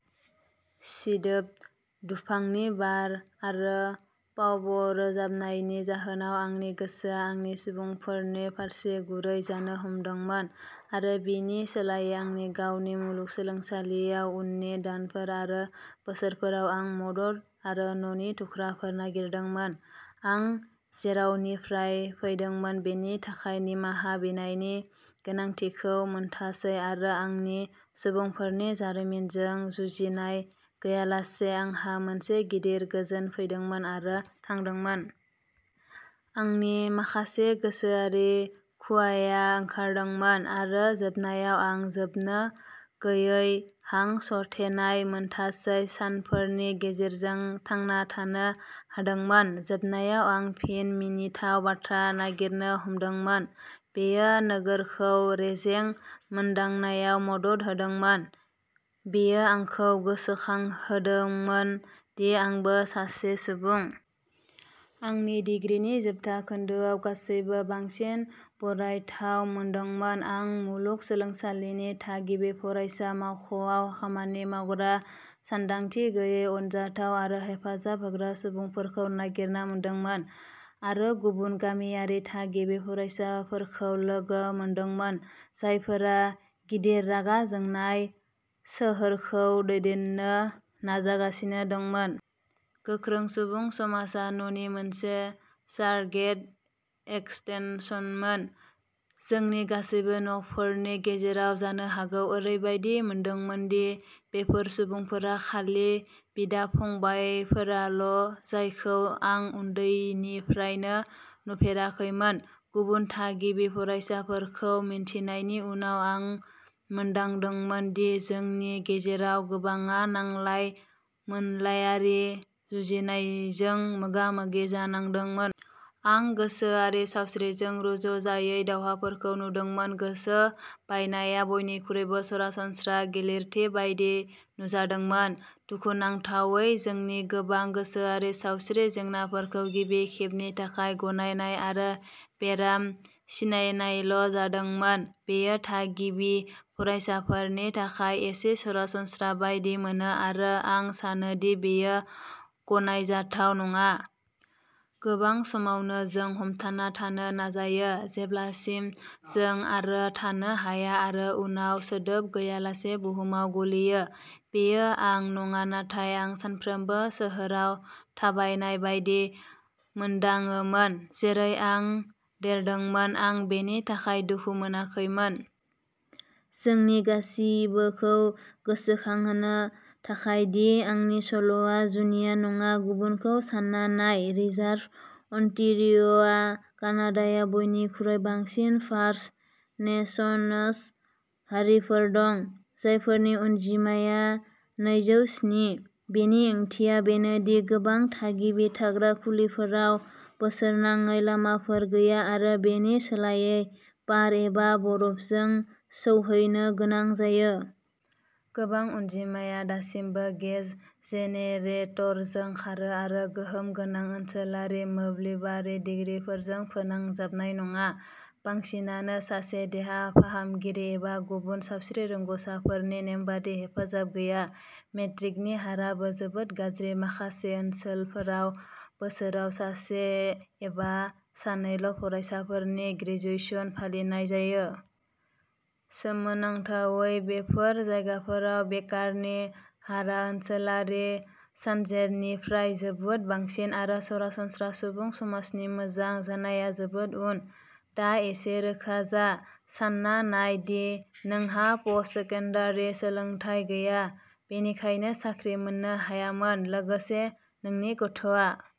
सिदोब दुफांनि बार आरो पावव'रोजाबनायनि जाहोनाव, आंनि गोसोआ आंनि सुबुंफोरनि फारसे गुरै जानो हमदोंमोन आरो बिनि सोलायै, आंनि गावनि। मुलुगसोलोंसालियाव उननि दानफोर आरो बोसोरफोराव, आं मदद आरो न'नि थुख्राफोर नागिरदोंमोन। आं जेरावनिफ्राय फैदोंमोन बेनि थाखाय निमाहा बिनायनि गोनांथिखौ मोनथासै, आरो आंनि सुबुंफोरनि जारिमिनजों जुजिनाय गैयालासे, आंहा मोनसे गिदिर गोजोन फैदोंमोन आरो थादोंमोन। आंनि माखासे गोसोआरि खुवाया ओंखारदोंमोन, आरो जोबनायाव आं जोबनो गैयै हां सरथेनाय मोनथासै सानफोरनि गेजेरजों थांना थानो हादोंमोन। जोबनायाव आं फिन मिनिथाव बाथ्रा नागिरनो हमदोंमोन। बेयो नोगोरखौ रेजें मोनदांनायाव मदद होदोंमोन। बेयो आंखौ गोसोखांहोदोंमोन दि आंबो सासे सुबुं। आंनि दिग्रिनि जोबथा खोन्दोआव, गासैबो बांसिन बरायथाव मोनदोंमोन। आं मुलुग सोलोंसालिनि थागिबि फरायसा मावख'आव खामानि मावग्रा सानदांथि गैयै अनजाथाव आरो हेफाजाब होग्रा सुबुंफोरखौ नागिरना मोनदोंमोन, आरो गुबुन गामियारि थागिबि फरायसाफोरखौ लोगो मोनदोंमोन जायफोरा गिदिर रागा जोंनाय सोहोरखौ दैदेननो नाजागासिनो दंमोन। गोख्रों सुबुं समाजआ न'नि मोनसे सार'गेट एक्सटेनसनमोन जोंनि गासैबो न'फोरनि गेजेराव जानो हागौ। ओरैबायदि मोनदोंमोन दि बेफोर सुबुंफोरा खालि बिदा-फंबायफोरल'जायखौ आं उन्दैनिफ्रायनो नुफेराखैमोन। गुबुन थागिबि फरायसाफोरखौ मिथिनायनि उनाव, आं मोनदांदोंमोन दि जोंनि गेजेराव गोबांआ नांलाय मोनलायारि जुजिनायजों मोगा-मोगि जानांदोंमोन। आं गोसोआरि सावस्रिजों रुजुजायै दावहाफोरखौ नुदोंमोन, गोसो बायनाया बयनिख्रुइबो सरासनस्रा गिलिरथि बायदि नुजादोंमोन। दुखुनांथावै, जोंनि गोबां गोसोआरि सावस्रि जेंनाफोरखौ गिबि खेबनि थाखाय गनायनाय आरो बेराम सिनायनायल'जादोंमोन। बेयो थागिबि फरायसाफोरनि थाखाय एसे सरासनस्रा बायदि मोनो, आरो आं सानो दि बेयो गनायजाथाव नङा। गोबां समावनो, जों हमथाना थानो नाजायो जेब्लासिम जों आरो थानो हाया आरो उनाव सोदोब गैयालासे बुहुमाव गलियो। बेयो आं नङा, नाथाय आं सानफ्रोमबो सोहोराव थाबायनाय बायदि मोनदाङोमोन। जेरै आं देरदोंमोन, आं बेनि थाखाय दुखु मोनाखैमोन। जोंनि गासिबोखौ गोसोखांहोनो थाखाय दि आंनि सल'आ जुनिया नङा, गुबुनखौ सान्ना नाय। रिजार्भ अन्टारिय'आ कानाडायाव बयनिख्रुइ बांसिन फार्स्ट नेशन्स हारिफोर दं, जायफोरनि अनजिमाया नैजौ स्नि। बेनि ओंथिया बेनो दि गोबां थागिबि थाग्रा खुलिफोराव बोसोरनाङै लामाफोर गैया आरो बेनि सोलायै बार एबा बरफजों सौहैनो गोनां जायो। गोबां अनजिमाया दासिमबो गेस जेनेरेटरजों खारो आरो गोहोम गोनां ओनसोलारि मोब्लिबारि ग्रिडफोरजों फोनांजाबनाय नङा। बांसिनानो सासे देहा फाहामगिरि एबा गुबुन सावस्रि रोंग'साफोरनि नेमबादि हेफाजाब गैया। मेट्रिकनि हाराबो जोबोद गाज्रि, माखासे ओनसोलफोराव बोसोराव सासे एबा सानैल'फरायसाफोरनि ग्रेजुएशनखौ फालिनाय जायो। सोमोनांथावै, बेफोर जायगाफोराव बेकारनि हारआ ओनसोलारि सानजेरनिफ्राय जोबोद बांसिन, आरो सरासनस्रा सुबुं समाजनि मोजां जानाया जोबोद उन। दा एसे रोखा जाः सानना नाय दि नोंहा पोस्ट-सेकेन्डारि सोलोंथाय गैया, बेनिखायनो साख्रि मोननो हायामोन। लोगोसे, नोंनि गथ'आ।